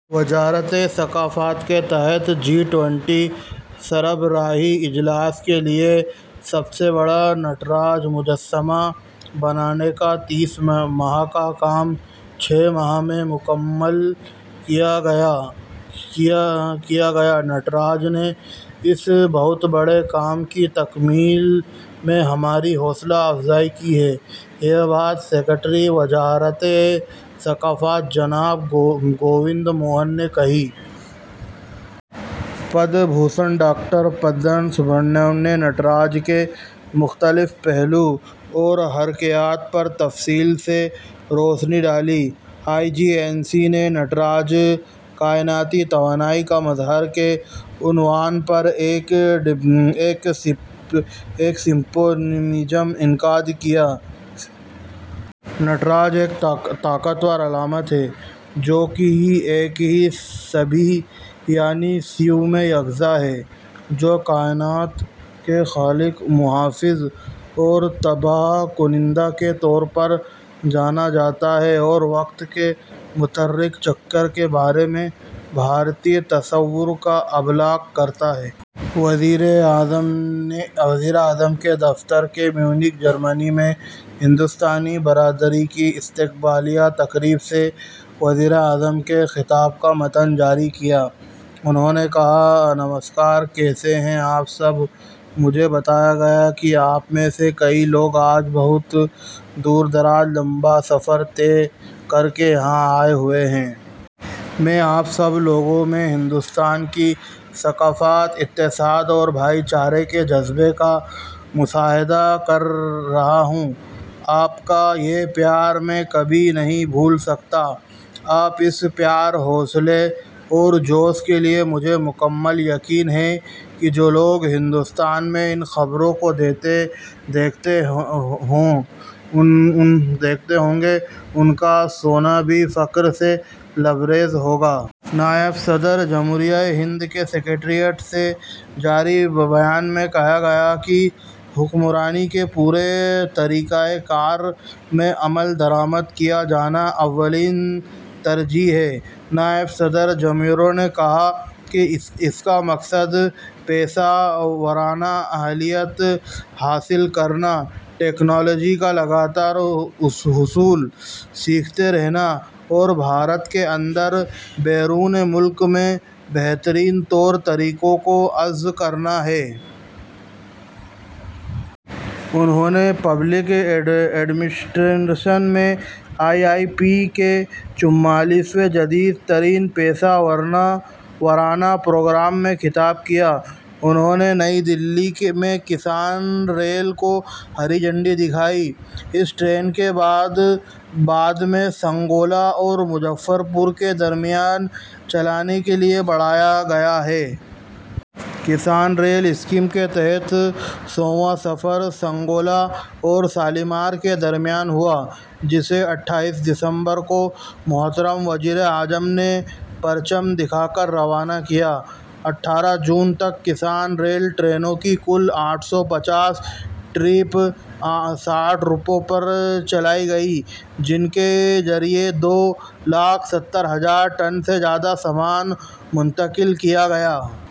وزارت ثقافت کے تحت جی ٹوئنٹی سربراہی اجلاس کے لیے سب سے بڑا نٹراج مجسمہ بنانے کا تیس ماہ کا کام چھ ماہ میں مکمل کیا گیا۔ نٹراج نے اس بہت بڑے کام کی تکمیل میں ہماری حوصلہ افزائی کی، یہ بات سکریٹری وزارت ثقافت جناب گووند موہن نے کہی۔ پدم بھوشن ڈاکٹر پدما سبرامنیم نے نٹراج کے مختلف پہلوؤں اور حرکیات پر تفصیل سے روشنی ڈالی۔ آئی جی این سی اے نے نٹراج: کائناتی توانائی کا مظہر کے عنوان پر ایک سمپوزیم کا انعقاد کیا۔ نٹراج ایک طاقتور علامت ہے جو ایک ہی شبیہ یعنی شیو میں یکجا ہے، جو کہ کائنات کے خالق، محافظ اور تباہ کنندہ کے طور پر جانا جاتا ہے اور وقت کے متحرک چکر کے بارے میں بھارتی تصور کا ابلاغ کرتا ہے۔ وزیر اعظم کے دفتر نے میونخ، جرمنی میں ہندوستانی برادری کی استقبالیہ تقریب سے وزیر اعظم کے خطاب کا متن جاری کیا۔ انہوں نے کہا، نمسکار! کیسے ہیں آپ سب؟ مجھے بتایا گیا ہے کہ آپ میں سے کئی لوگ آج بہت دور دراز سے لمبا سفر طے کر کے یہاں آئے ہوئے ہیں۔ میں آپ سب لوگوں میں ہندوستان کی ثقافت، اتحاد اور بھائی چارے کے جذبے کا مشاہدہ کر رہا ہوں۔ آپ کا یہ پیار میں کبھی نہیں بھول سکتا۔ آپ کے اس پیار، حوصلے اور جوش کے لیے مجھے مکمل یقین ہے کہ جو لوگ ہندوستان میں ان خبروں کو دیکھتے ہوں گے، ان کا سینہ بھی فخر سے لبریز ہو گیا ہوگا۔ نائب صدر جمہوریہ ہند کے سکریٹریٹ سے جاری بیان میں کہا گیا کہ حکمرانی کے پورے طریقہ کار میں عمل درآمد کیا جانا اولین ترجیح ہے۔ نائب صدر جمہوریہ نے کہا کہ اس کا مقصد پیشہ ورانہ اہلیت حاصل کرنا، ٹیکنالوجی کا لگاتار حصول، سیکھتے رہنا اور بھارت کے اندر اور بیرون ملک بہترین طور طریقوں کو اخذ کرنا ہے۔ انہوں نے پبلک ایڈمنسٹریشن میں آئی آئی پی اے کے چوالیسویں جدید ترین پیشہ ورانہ پروگرام سے خطاب کیا۔ انہوں نے نئی دہلی میں کسان ریل کو ہری جھنڈی دکھائی۔ اس ٹرین کو بعد میں سنگولا اور مظفر پور کے درمیان چلانے کے لیے بڑھایا گیا ہے۔ کسان ریل اسکیم کے تحت سوواں سفر سنگولا اور شالیمار کے درمیان ہوا جسے اٹھائیس دسمبر کو محترم وزیر اعظم نے پرچم دکھا کر روانہ کیا۔ اٹھارہ جون تک کسان ریل ٹرینوں کی کل آٹھ سو پچاس ٹرپس ساٹھ روٹوں پر چلائی گئیں، جن کے ذریعے دو لاکھ ستر ہزار ٹن سے زیادہ سامان منتقل کیا گیا۔